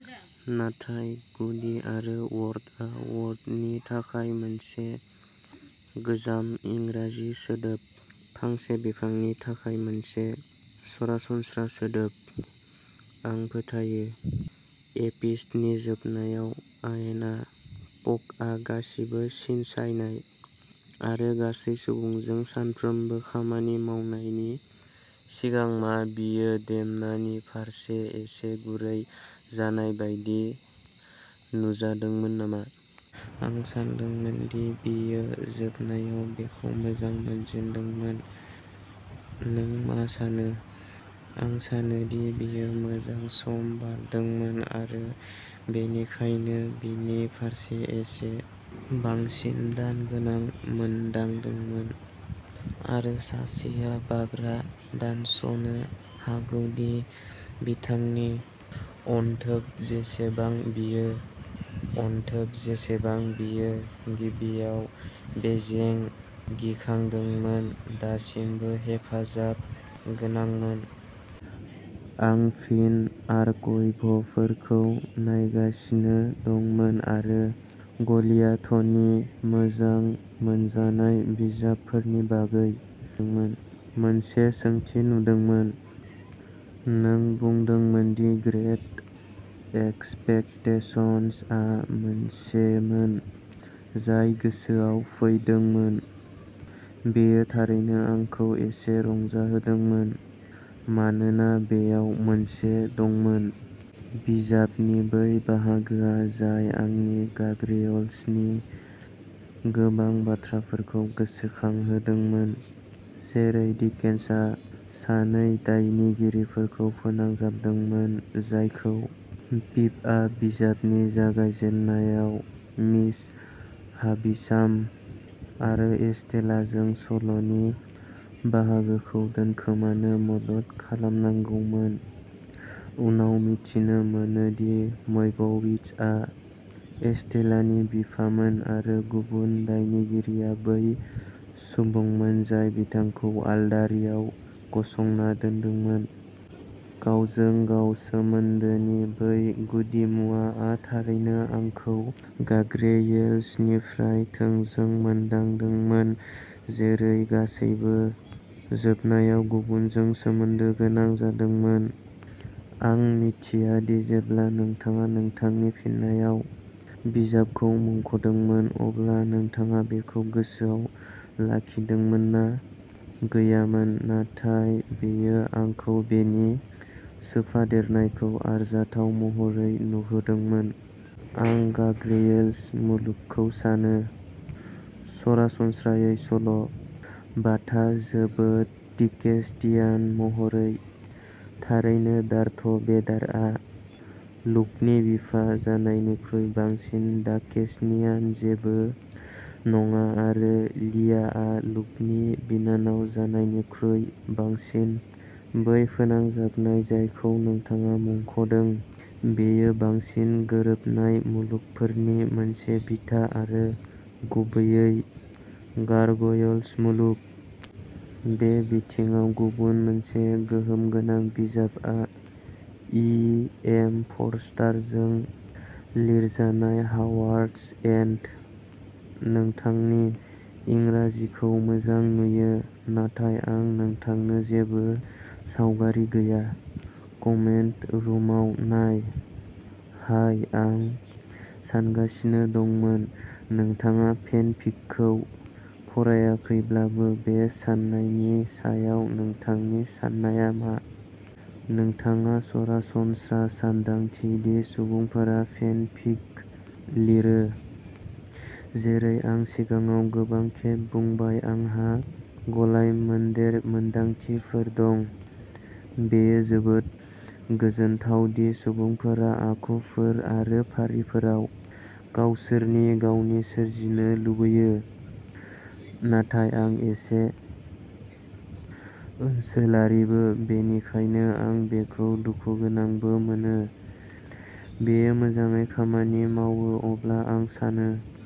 नाथाय गुदि आरो वर्ट आ वर्ट नि थाखाय मोनसे गोजाम इंराजि सोदोब, फांसे बिफां नि थाखाय मोनसे सरासनस्रा सोदोब, आं फोथायो। एपिस'डनि जोबनायाव आइना, पकआ गासिबो सिनसायनाय आरो गासै सुबुंजों सानफ्रोमबो खामानि मावनायनि सिगां, मा बियो डेम'नानि फारसे एसे गुरै जानाय बायदि नुजादोंमोन नामा? आं सानदोंमोन दि बियो जोबनायाव बिखौ मोजां मोनजेनदोंमोन। नों मा सानो? आं सानोदि बियो मोजां सम बारदोंमोन आरो बेनिखायनो बिनि फारसे एसे बांसिन दानगोनां मोनदांदोंमोन। आरो सासेया बाथ्रा दानस'नो हागौ दि बिथांनि अनथोब जेसेबां बियो गिबियाव बेजों गिखांदोंमोन दासिमबो हेफाजाब गोनांमोन। आं फिन आर्काइभफोरखौ नायगासिनो दंमोन आरो गलियाथनि मोजां मोनजानाय बिजाबफोरनि बागै मोनसे सोंथि नुदोंमोन। नों बुंदोंमोन दि ग्रेट एक्सपेक्टेशन्स आ मोनसेमोन जाय गोसोआव फैदोंमोन। बेयो थारैनो आंखौ एसे रंजाहोदोंमोन, मानोना बेयाव मोनसे दंमोन। बिजाबनि बै बाहागोआ, जाय आंनो गार्गोयल्स नि गोबां बाथ्राफोरखौ गोसोखांहोदोंमोन, जेरै डिकेन्सआ सानै दायनिगिरिफोरखौ फोनांजाबदोंमोन, जायखौ पिपआ बिजाबनि जागायजेन्नायाव मिस हाबिशाम आरो एस्टेलाजों सल'नि बाहागोखौ दोनखोमानो मदद खालामनांगौमोन उनाव मिथिनो मोनो दि मैगविच आ एस्टेलानि बिफामोन आरो गुबुन दायनिगिरि आ बै सुबुंमोन जाय बिथांखौ आलदारिआव गसंना दोनदोंमोन। गावजों-गाव सोमोन्दोनि बै गुदिमुवाआ थारैनो आंखौ गार्गोयल्स निफ्राय थोंजों मोनदांदोंमोन, जेरै गासैबो जोबनायाव गुबुनजों सोमोन्दो गोनां जादोंमोन। आं मिथिया दि जेब्ला नोंथाङा नोंथांनि फिननायाव बिजाबखौ मुंख'दोंमोन, अब्ला नोंथाङा बेखौ गोसोआव लाखिदोंमोन ना गैयामोन, नाथाय बेयो आंखौ बेनि सोफादेरनायखौ आरजाथाव महरै नुहोदोंमोन। आं गार्गोयल्स मुलुग खौ सानो। सरासनस्रायै सल' बाथा जोबोद डिकेन्सियान महरै। थारैनो डार्थ भेडारआ लुकनि बिफा जानायनिख्रुइ बांसिन डिकेन्सियान जेबो नङा आरो लियाआ लुकनि बिनानाव जानायनिख्रुइ बांसिन। बै फोनांजाबनाय जायखौ नोंथाङा मुंख'दों, बेयो बांसिन गोरोबनाय मुलुगफोरनि मोनसे बिथा आरो गुबैयै गारग'यल्स मुलुग। बे बिथिङाव गुबुन मोनसे गोहोम गोनां बिजाबआ, इ एम फ'रस्टारजों लिरजानाय हावार्ड्स एन्ड। नोंथांनि इंराजिखौ मोजां नुयो, नाथाय आं नोंथांनो जेबो सावगारि गैया। कमेन्ट रुमाव नाय। हाय आं सानगासिनो दंमोन, नोंथाङा फेनफिकखौ फरायाखैब्लाबो, बे साननायनि सायाव नोंथांनि साननाया मा? नोंथाङा सरासनस्रा सानदांथि दि सुबुंफोरा फेनफिक लिरो? जेरै आं सिगाङाव गोबां खेब बुंबाय, आंहा गलाय मोनदेर मोनदांथिफोर दं। बेयो जोबोद गोजोनथाव दि सुबुंफोरा आखुफोर आरो फारिफोराव गावसोरनि गावनि सोरजिनो लुबैयो। नाथाय आं एसे ओनसोलारिबो, बेनिखायनो आं बेखौ दुखुगोनांबो मोनो। बेयो मोजाङै खामानि मावो, अब्ला, आं सानो,